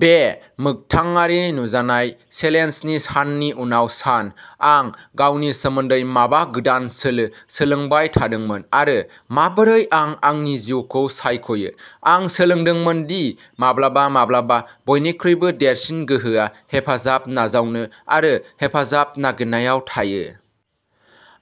बे मोखथाङारि नुजानाय चेलेन्जनि साननि उनाव सान, आं गावनि सोमोन्दै माबा गोदान सोलो सोलोंबाय थादोंमोन आरो माबोरै आं आंनि जिउखौ सायख'यो। आं सोलोंदोंमोन दि माब्लाबा-माब्लाबा बयनिख्रुइबो देरसिन गोहोआ हेफाजाब नाजावनो आरो हेफाजाब नागिरनायाव थायो।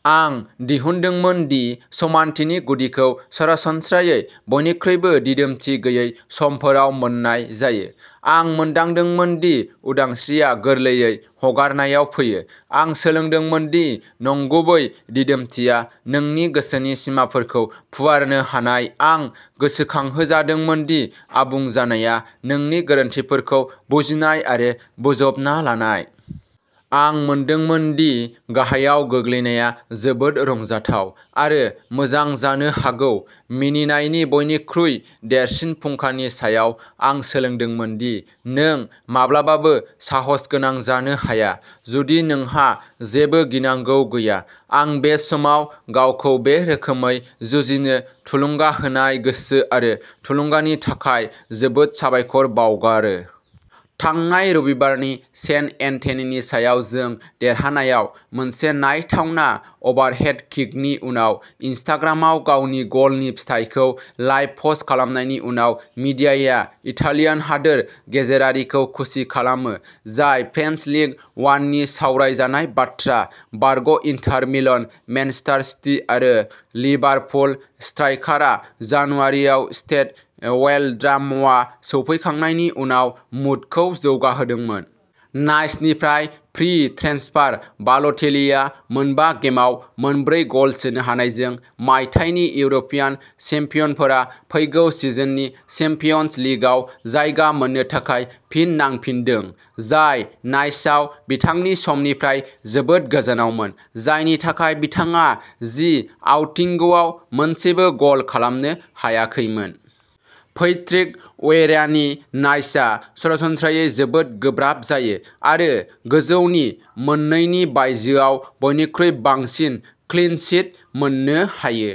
आं दिहुनदोंमोन दि समानथिनि गुदिखौ सरासनस्रायै बयनिख्रुइबो दिदोमथि गैयै समफोराव मोन्नाय जायो। आं मोनदांदोंमोन दि उदांस्रिआ गोरलैयै हगारनायाव फैयो। आं सोलोंदोंमोन दि नंगुबै दिदोमथिया नोंनि गोसोनि सिमाफोरखौ फुवारनो हानाय। आं गोसोखांहोजादोंमोन दि आबुं जानाया नोंनि गोरोनथिफोरखौ बुजिनाय आरो बोजबना लानाय। आं मोनदों दि गाहायाव गोग्लैनाया जोबोद रंजाथाव आरो मोजां जानो हागौ। मिनिनायनि बयनिख्रुइ देरसिन फुंखानि सायाव। आं सोलोंदोंमोन दि नों माब्लाबाबो साहसगोनां जानो हाया, जुदि नोंहा जेबो गिनांगौ गैया। आं बे समाव गावखौ बे रोखोमै जुजिनो थुलुंगा होनाय गोसो आरो थुलुंगानि थाखाय जोबोद साबायखर बावगारो। थांनाय रबिबारनि सेन्ट एटिनेनि सायाव जों देरहानायाव मोनसे नायथावना अभारहेड किकनि उनाव इनस्टाग्रामआव गावनि गलनि फालिथाइखौ लाइभ पस्ट खालामनायनि उनाव मीडियाया इटालियान हादोर गेजेरारिखौ खुसि खालामो, जाय फ्रेन्स लिग वाननि सावरायजानाय बाथ्रा। बारग'इन्टार मिलान, मेनचेस्टार सिटी आरो लिभारपुल स्ट्राइकारआ जानुवारिआव स्टेड वेल'ड्र'मआव सौफैखांनायनि उनाव मुडखौ जौगाहोदों। नाइसनिफ्राय फ्रि ट्रेन्सफार। बाल'टेलिआ मोनबा गेमआव मोनब्रै गल सोनो हानायजों मायथाइनि इउर'पियान चेम्पियनफोरा फैगौ सिजननि चेम्पियन्स लिगआव जायगा मोननो थाखाय फिन नांफिनदों; जाय नाइसआव बिथांनि समनिफ्राय जोबोद गोजानावमोन, जायनि थाखाय बिथाङा जि आउटिंगआव मोनसेबो गल खालामनो हायाखैमोन। पैट्रिक वियेरानि नाइसआ सरासनस्रायै जोबोद गोब्राब जायो आरो गोजौनि मोननैनि बायजोआव बयनिख्रुइ बांसिन क्लीन शीट मोननो हायो।